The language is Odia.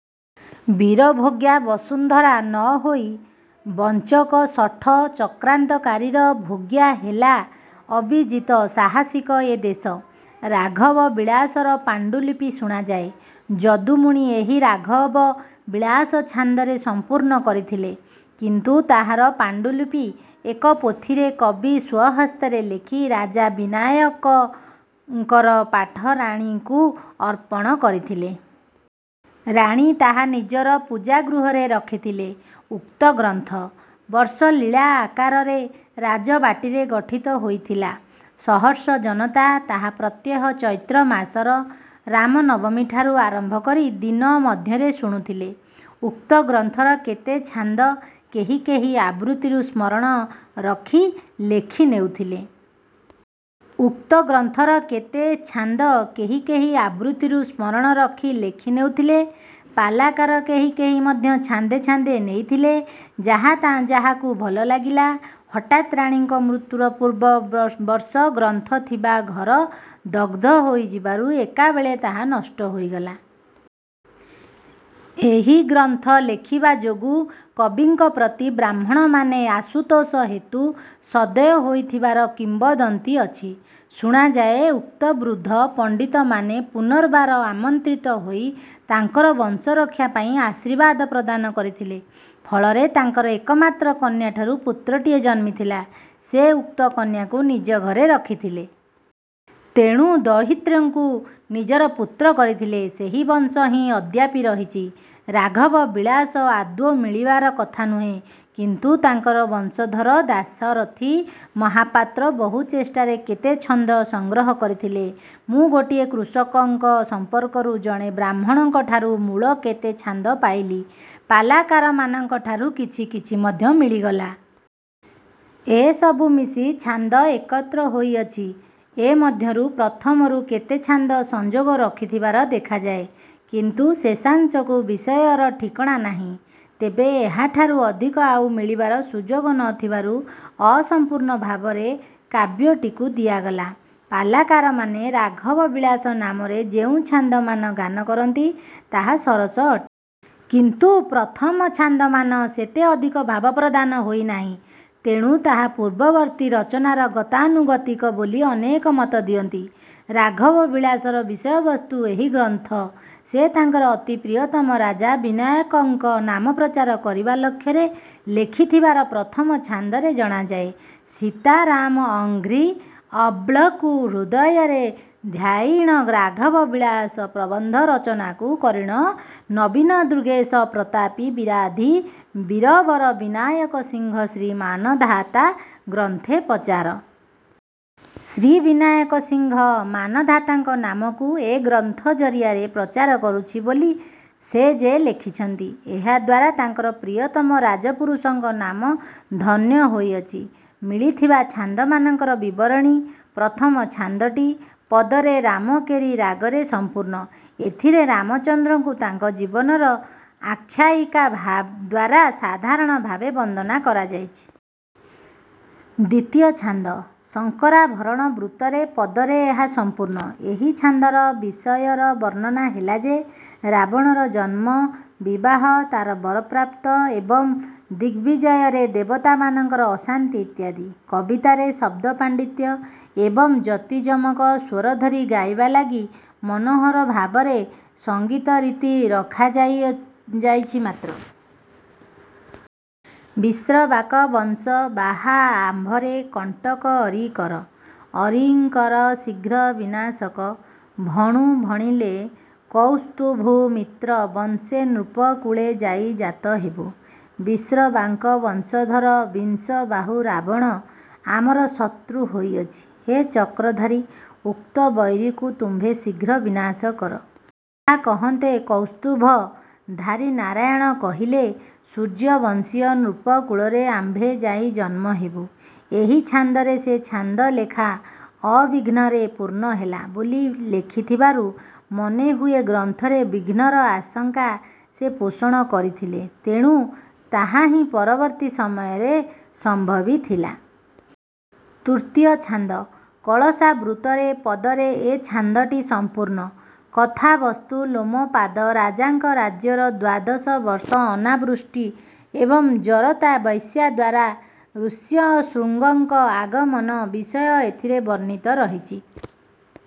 ବୀରଭୋଗ୍ୟା ବସୁନ୍ଧରା ନ ହୋଇ ବଞ୍ଚକ, ଶଠ, ଚକ୍ରାନ୍ତକାରୀର ଭୋଗ୍ୟା ହେଲା ଅବିଜିତ, ସାହସିକ ଏ ଦେଶ। ରାଘବ ବିଳାସର ପାଣ୍ଡୁଲିପି ଶୁଣାଯାଏ ଯଦୁମଣି ଏହି ରାଘବ ବିଳାସ ଛାନ୍ଦରେ ସମ୍ପୂର୍ଣ୍ଣ କରିଥିଲେ। କିନ୍ତୁ ତାହାର ପାଣ୍ଡୁଲିପି ଏକ ପୋଥିରେ କବି ସ୍ୱହସ୍ତରେ ଲେଖି ରାଜା ବିନାୟକଙ୍କର ପାଟରାଣୀଙ୍କୁ ଅର୍ପଣ କରିଥିଲେ। ରାଣୀ ତାହା ନିଜର ପୂଜା ଗୃହରେ ରଖିଥିଲେ। ଉକ୍ତ ଗ୍ରନ୍ଥ। ବର୍ଷ ଲୀଳା ଆକାରରେ ରାଜବାଟୀରେ ଗଠିତ ହୋଇଥିଲା। ସହସ୍ର ଜନତା ତାହା ପ୍ରତ୍ୟହ ଚୈତ୍ର ମାସର ରାମନବମୀଠାରୁ ଆରମ୍ଭ କରି ଦିନମଧ୍ୟରେ ଶୁଣୁଥିଲେ। ଉକ୍ତ ଗ୍ରନ୍ଥର କେତେ ଛାନ୍ଦ କେହି କେହି ଆବୃତ୍ତିରୁ ସ୍ମରଣ ରଖି ଲେଖି ନେଉଥିଲେ। ଉକ୍ତ ଗ୍ରନ୍ଥର କେତେ ଛାନ୍ଦ କେହି କେହି ଆବୃତ୍ତିରୁ ସ୍ମରଣ ରଖି ଲେଖି ନେଉଥିଲେ। ପାଲାକାର କେହି କେହି ମଧ୍ୟ ଛାନ୍ଦେ ଛାନ୍ଦେ ନେଇଥିଲେ- ଯାହା ଯାହାକୁ ଭଲ ଲାଗିଲା। ହଠାତ୍ ରାଣୀଙ୍କ ମୃତ୍ୟୁର ପୂର୍ବ ବର୍ଷ ଗ୍ରନ୍ଥ ଥିବା ଘର ଦଗ୍ଧ ହୋଇଯିବାରୁ ଏକାବେଳେ ତାହା ନଷ୍ଟ ହୋଇଗଲା। ଏ ଗ୍ରନ୍ଥ ଲେଖିବା ଯୋଗୁଁ କବିଙ୍କ ପ୍ରତି ବ୍ରାହ୍ମଣମାନେ ଆଶୁତୋଷ ହେତୁ ସଦୟ ହୋଇଥିବାର କିମ୍ବଦନ୍ତୀ ଅଛି। ଶୁଣାଯାଏ ଉକ୍ତ ବୃଦ୍ଧ ପଣ୍ଡିତମାନେ ପୁନର୍ବାର ଆମନ୍ତ୍ରିତ ହୋଇ ତାଙ୍କର ବଂଶରକ୍ଷା ପାଇଁ ଆଶୀର୍ବାଦ ପ୍ରଦାନ କରିଥିଲେ। ଫଳରେ ତାଙ୍କର ଏକମାତ୍ର କନ୍ୟାଠାରୁ ପୁତ୍ରଟିଏ ଜନ୍ମିଥିଲା। ସେ ଉକ୍ତ କନ୍ୟାକୁ ନିଜ ଘରେ ରଖିଥିଲେ। ତେଣୁ ଦୌହିତ୍ରକୁ ନିଜର ପୁତ୍ର କରିଥିଲେ। ସେହି ବଂଶ ହିଁ ଅଦ୍ୟାପି ରହିଛି। ରାଘବ ବିଳାସ ଆଦୌ ମିଳିବାର କଥା ନୁହେଁ। କିନ୍ତୁ ତାଙ୍କର ବଂଶଧର ଦାଶରଥି ମହାପାତ୍ର ବହୁ ଚେଷ୍ଟାରେ କେତେ ଛନ୍ଦ ସଂଗ୍ରହ କରିଥିଲେ। ମୁଁ ଗୋଟିଏ କୃଷକଙ୍କ ସଂପର୍କରୁ ଜଣେ ବ୍ରାହ୍ମଣଙ୍କଠାରୁ ମୂଳ କେତେ ଛାନ୍ଦ ପାଇଲି, ପାଲାକାରମାନଙ୍କଠାରୁ କିଛି କିଛି ମଧ୍ୟ ମିଳିଗଲା-। ଏସବୁ ମିଶି ଛାନ୍ଦ ଏକତ୍ର ହୋଇଅଛି। ଏ ମଧ୍ୟରୁ ପ୍ରଥମରୁ କେତେ ଛାନ୍ଦ ସଂଯୋଗ ରଖିଥିବାର ଦେଖାଯାଏ। କିନ୍ତୁ ଶେଷାଂଶକୁ ବିଷୟର ଠିକଣା ନାହିଁ। ତେବେ ଏହାଠାରୁ ଅଧିକ ଆଉ ମିଳିବାର ସୁଯୋଗ ନ ଥିବାରୁ ଅସଂପୂର୍ଣ୍ଣ ଭାବରେ କାବ୍ୟଟିକୁ ଦିଆଗଲା। ପାଲାକାରମାନେ ରାଘବ ବିଳାସ ନାମରେ ଯେଉଁ ଛାନ୍ଦମାନ ଗାନ କରନ୍ତି ତାହା ସରସ ଅଟେ। କିନ୍ତୁ ପ୍ରଥମ ଛାନ୍ଦମାନ ସେତେ ଅଧିକ ଭାବପ୍ରଧାନ ହୋଇ ନାହିଁ। ତେଣୁ ତାହା ପୂର୍ବବର୍ତ୍ତୀ ରଚନାର ଗତାନୁଗତିକ ବୋଲି ଅନେକେ ମତଦିଅନ୍ତି। ରାଘବ ବିଳାସର ବିଷୟବସ୍ତୁ ଏହି ଗ୍ରନ୍ଥ ସେ ତାଙ୍କର ଅତି ପ୍ରିୟତମ ରାଜା ବିନାୟକଙ୍କ ନାମ ପ୍ରଚାର କରିବା ଲକ୍ଷ୍ୟରେ ଲେଖିଥିବାର ପ୍ରଥମ ଛାନ୍ଦରେ ଜଣାଯାଏ- ସୀତା ରାମ ଅଂଘ୍ରି, ଅବ୍ଳକୁ ହୃଦୟରେ ଧ୍ୟାୟିଣ ରାଘବ ବିଳାସ ପ୍ରବନ୍ଧ ରଚନାକୁ କରିଣ ନବୀନ ଦୁର୍ଗେଶ ପ୍ରତାପୀ ବିରାଧି ବୀରବର ବିନାୟକ ସିଂହ ଶ୍ରୀ ମାନଧାତା ଗ୍ରନ୍ଥେ ପ୍ରଚାର। ଶ୍ରୀ ବିନାୟକ ସିଂହ ମାନଧାତାଙ୍କ ନାମକୁ ଏ ଗ୍ରନ୍ଥ ଜରିଆରେ ପ୍ରଚାର କରୁଛି ବୋଲି ସେ ଯେ ଲେଖିଛନ୍ତି, ଏହାଦ୍ୱାରା ତାଙ୍କର ପ୍ରିୟତମ ରାଜପୁରୁଷଙ୍କ ନାମ ଧନ୍ୟ ହୋଇଅଛି। ମିଳିଥିବା ଛାନ୍ଦମାନଙ୍କର ବିବରଣୀ- ପ୍ରଥମ ଛାନ୍ଦ- ଟି ପଦରେ ରାମକେରି ରାଗରେ ସମ୍ପୂର୍ଣ୍ଣ। ଏଥିରେ ରାମଚନ୍ଦ୍ରଙ୍କୁ ତାଙ୍କ ଜୀବନର ଆଖ୍ୟାୟିକାଦ୍ୱାରା ସାଧାରଣଭାବେ ବନ୍ଦନା କରାଯାଇଛି। ଦ୍ୱିତୀୟ ଛାନ୍ଦ- ଶଙ୍କରାଭରଣ ବୃତ୍ତରେ ପଦରେ ଏହା ସମ୍ପୂର୍ଣ୍ଣ। ଏହି ଛାନ୍ଦର ବିଷୟର ବର୍ଣ୍ଣନା ହେଲା ଯେ ରାବଣର ଜନ୍ମ, ବିବାହ, ତାର ବରପ୍ରାପ୍ତ ଏବଂ ଦିଗବିଜୟରେ ଦେବତାମାନଙ୍କର ଅଶାନ୍ତି ଇତ୍ୟାଦି। କବିତାରେ ଶବ୍ଦପାଣ୍ଡିତ୍ୟ ଏବଂ ଯତି ଯମକ, ସ୍ୱରଧରି ଗାଇବା ଲାଗି ମନୋହର ଭାବରେ ସଂଗୀତରୀତି ରଖାଯାଇଛି ମାତ୍ର। ବିଶ୍ରବାକ ବଂଶ ବାହା ଆମ୍ଭରେ କଣ୍ଟକ ଅରି କର! ଅରିଙ୍କର ଶ୍ରୀଘ୍ର ବିନାଶକ, ଭଣୁ ଭଣିଲେ କୌସ୍ତ୍ୱଭୂ ମିତ୍ର ବଂଶେ ନୃପକୁଳେ ଯାଇ ଜାତ ହେବୁ। ବିଶ୍ରବାଙ୍କ ବଂଶଧର ବିଂଶବାହୁ ରାବଣ ଆମର ଶତ୍ରୁ ହୋଇଅଛି। ହେ ଚକ୍ରଧାରୀ! ଉକ୍ତ ବୈରୀକୁ ତୁମ୍ଭେ ଶୀଘ୍ର ବିନାଶ କର। ଏ କଥା କହନ୍ତେ କୌସ୍ତୁଭ−ଧାରୀ ନାରାୟଣ କହିଲେ, ସୂର୍ୟ୍ୟବଂଶୀୟ ନୃପକୁଳରେ ଆମ୍ଭେ ଯାଇ ଜନ୍ମ ହେବୁ। ଏହି ଛାନ୍ଦରେ ସେ ଛାନ୍ଦଲେଖା ଅବିଘ୍ନରେ ପୂର୍ଣ୍ଣ ହେଲା ବୋଲି ଲେଖିଥିବାରୁ ମନେ ହୁଏ ଗ୍ରନ୍ଥରେ ବିଘ୍ନର ଆଶଙ୍କା ସେ ପୋଷଣ କରିଥିଲେ। ତେଣୁ ତାହା ହିଁ ପରବର୍ତ୍ତୀ ସମୟରେ ସମ୍ଭବିଥିଲା। ତୃତୀୟ ଛାନ୍ଦ-କଳସା ବୃତ୍ତରେ ପଦରେ ଏ ଛାନ୍ଦଟି ସଂପୂର୍ଣ୍ଣ। କଥାବସ୍ତୁ-ଲୋମପାଦ ରାଜାଙ୍କ ରାଜ୍ୟର ଦ୍ୱାଦଶ ବର୍ଷ ଅନାବୃଷ୍ଟି ଏବଂ ଜରତା ବେଶ୍ୟାଦ୍ୱାରା ଋଷ୍ୟଶୃଙ୍ଗଙ୍କ ଆଗମନ ବିଷୟ ଏଥିରେ ବର୍ଣ୍ଣିତ ରହିଛି।